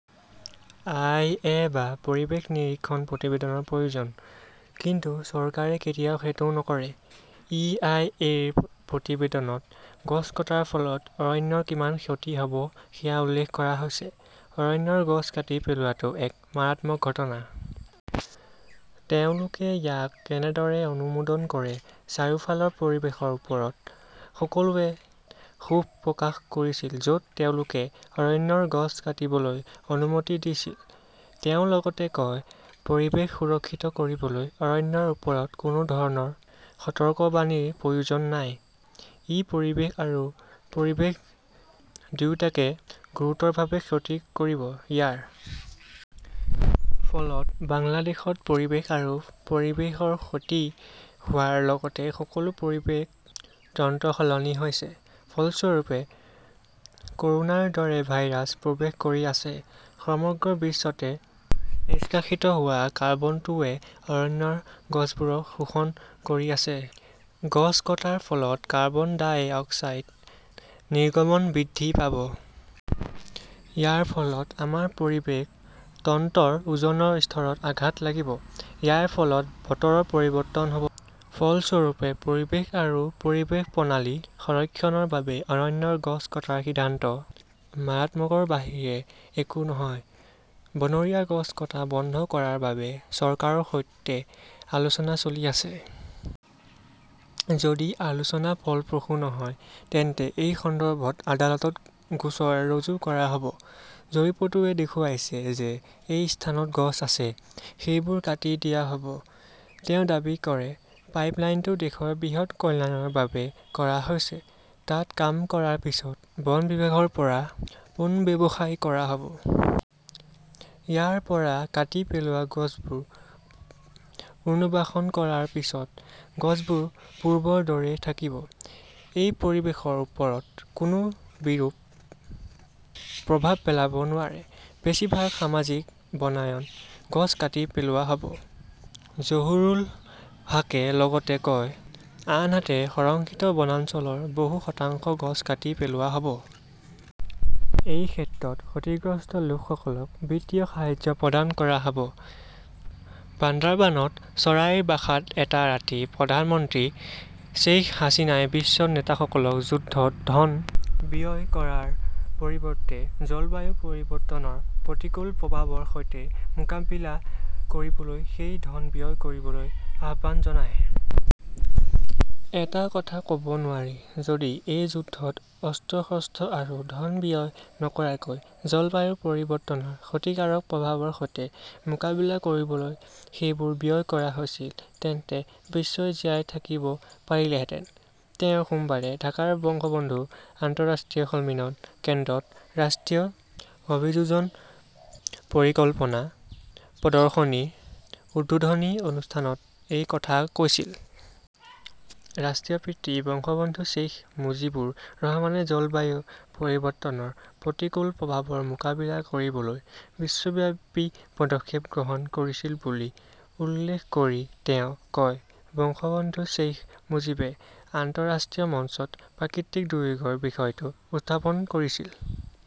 আই. A. বা পৰিৱেশ নিৰীক্ষণ প্ৰতিবেদনৰ প্ৰয়োজন। কিন্তু চৰকাৰে কেতিয়াও সেইটো নকৰে। ই. আই. এ. -ৰ প্ৰতিবেদনত গছ কটাৰ ফলত অৰণ্যৰ কিমান ক্ষতি হ'ব সেয়া উল্লেখ কৰা হৈছে। অৰণ্যৰ গছ কাটি পেলোৱাটো এক মাৰাত্মক ঘটনা। তেওঁলোকে ইয়াক কেনেদৰে অনুমোদন কৰে? চাৰিওফালৰ পৰিৱেশৰ ওপৰত সকলোৱে ক্ষোভ প্ৰকাশ কৰিছিল য'ত তেওঁলোকে অৰণ্যৰ গছ কাটিবলৈ অনুমতি দিছিল। "তেওঁ লগতে কয়", পৰিৱেশ সুৰক্ষিত কৰিবলৈ অৰণ্যৰ ওপৰত কোনো ধৰণৰ সতৰ্কবাণীৰ প্ৰয়োজন নাই। ই পৰিৱেশ আৰু পৰিৱেশ দুয়োটাকে গুৰুতৰভাৱে ক্ষতি কৰিব। ইয়াৰ ফলত বাংলাদেশত পৰিৱেশ আৰু পৰিৱেশৰ ক্ষতি হোৱাৰ লগতে সকলো পৰিৱেশ তন্ত্ৰ সলনি হৈছে। ফলস্বৰূপে, ক'ৰোনাৰ দৰে ভাইৰাছ প্ৰৱেশ কৰি আছে। সমগ্ৰ বিশ্বতে নিষ্কাশিত হোৱা কাৰ্বনটোৱে অৰণ্যৰ গছবোৰক শোষণ কৰি আছে। গছ কটাৰ ফলত কাৰ্বন-ডাই অক্সাইড নিৰ্গমন বৃদ্ধি পাব। ইয়াৰ ফলত আমাৰ পৰিৱেশ তন্ত্ৰৰ ওজনৰ স্তৰত আঘাত লাগিব। ইয়াৰ ফলত বতৰৰ পৰিৱৰ্তন হ'ব। ফলস্বৰূপে, পৰিৱেশ আৰু পৰিৱেশ প্ৰণালী সংৰক্ষণৰ বাবে অৰণ্যৰ গছ কটাৰ সিদ্ধান্ত মাৰাত্মকৰ বাহিৰে একো নহয়। বনৰীয়া গছ কটা বন্ধ কৰাৰ বাবে চৰকাৰৰ সৈতে আলোচনা চলি আছে। যদি আলোচনা ফলপ্ৰসূ নহয়, তেন্তে এই সন্দৰ্ভত আদালতত গোচৰ ৰুজু কৰা হ'ব। জৰীপটোৱে দেখুৱাইছে যে এই স্থানত গছ আছে। সেইবোৰ কাটি দিয়া হ'ব। তেওঁ দাবী কৰে, "পাইপলাইনটো দেশৰ বৃহৎ কল্যাণৰ বাবে কৰা হৈছে, তাত কাম কৰাৰ পিছত বন বিভাগৰ পৰা পুনৰ্ব্যৱসায় কৰা হ'ব।" ইয়াৰ পৰা কাটি পেলোৱা গছবোৰ পুনৰ্বাসন কৰাৰ পিছত গছবোৰ পূৰ্বৰ দৰেই থাকিব। ই পৰিৱেশৰ ওপৰত কোনো বিৰূপ প্ৰভাৱ পেলাব নোৱাৰে। "বেছিভাগ সামাজিক বনায়ন গছ কাটি পেলোৱা হ'ব ", জহুৰুল হাকে লগতে কয়। আনহাতে, সংৰক্ষিত বনাঞ্চলৰ বহু শতাংশ গছ কাটি পেলোৱা হ'ব। এই ক্ষেত্ৰত ক্ষতিগ্ৰস্ত লোকসকলক বিত্তীয় সাহায্য প্ৰদান কৰা হ'ব। " বান্দাৰবানত 'চৰাইৰ বাসা' ত এটা ৰাতি প্ৰধানমন্ত্ৰী শ্বেইখ হাছিনাই বিশ্ব নেতাসকলক যুদ্ধত ধন ব্যয় কৰাৰ পৰিৱৰ্তে জলবায়ু পৰিৱৰ্তনৰ প্ৰতিকূল প্ৰভাৱৰ সৈতে মোকাবিলা কৰিবলৈ সেই ধন ব্যয় কৰিবলৈ আহ্বান জনায়। "এটা কথা ক'ব নোৱাৰি, যদি এই যুদ্ধত অস্ত্ৰ-শস্ত্ৰ আৰু ধন ব্যয় নকৰাকৈ জলবায়ু পৰিৱৰ্তনৰ ক্ষতিকাৰক প্ৰভাৱৰ সৈতে মোকাবিলা কৰিবলৈ সেইবোৰ ব্যয় কৰা হৈছিল, তেন্তে বিশ্বই জীয়াই থাকিব পাৰিলেহেঁতেন। "তেওঁ সোমবাৰে ঢাকাৰ বঙ্গবন্ধু আন্তঃৰাষ্ট্ৰীয় সন্মিলন কেন্দ্ৰত" ৰাষ্ট্ৰীয় অভিযোজন পৰিকল্পনা প্ৰদৰ্শনীৰ উদ্বোধনী অনুষ্ঠানত এই কথা কৈছিল। ৰাষ্ট্ৰৰ পিতৃ বঙ্গবন্ধু শ্বেইখ মুজীবুৰ ৰহমানে জলবায়ু পৰিৱৰ্তনৰ প্ৰতিকূল প্ৰভাৱৰ মোকাবিলা কৰিবলৈ বিশ্বব্যাপী পদক্ষেপ গ্ৰহণ কৰিছিল বুলি উল্লেখ কৰি তেওঁ কয়,"বঙ্গবন্ধু শ্বেইখ মুজীবে আন্তঃৰাষ্ট্ৰীয় মঞ্চত প্ৰাকৃতিক দুৰ্যোগৰ বিষয়টো উত্থাপন কৰিছিল।"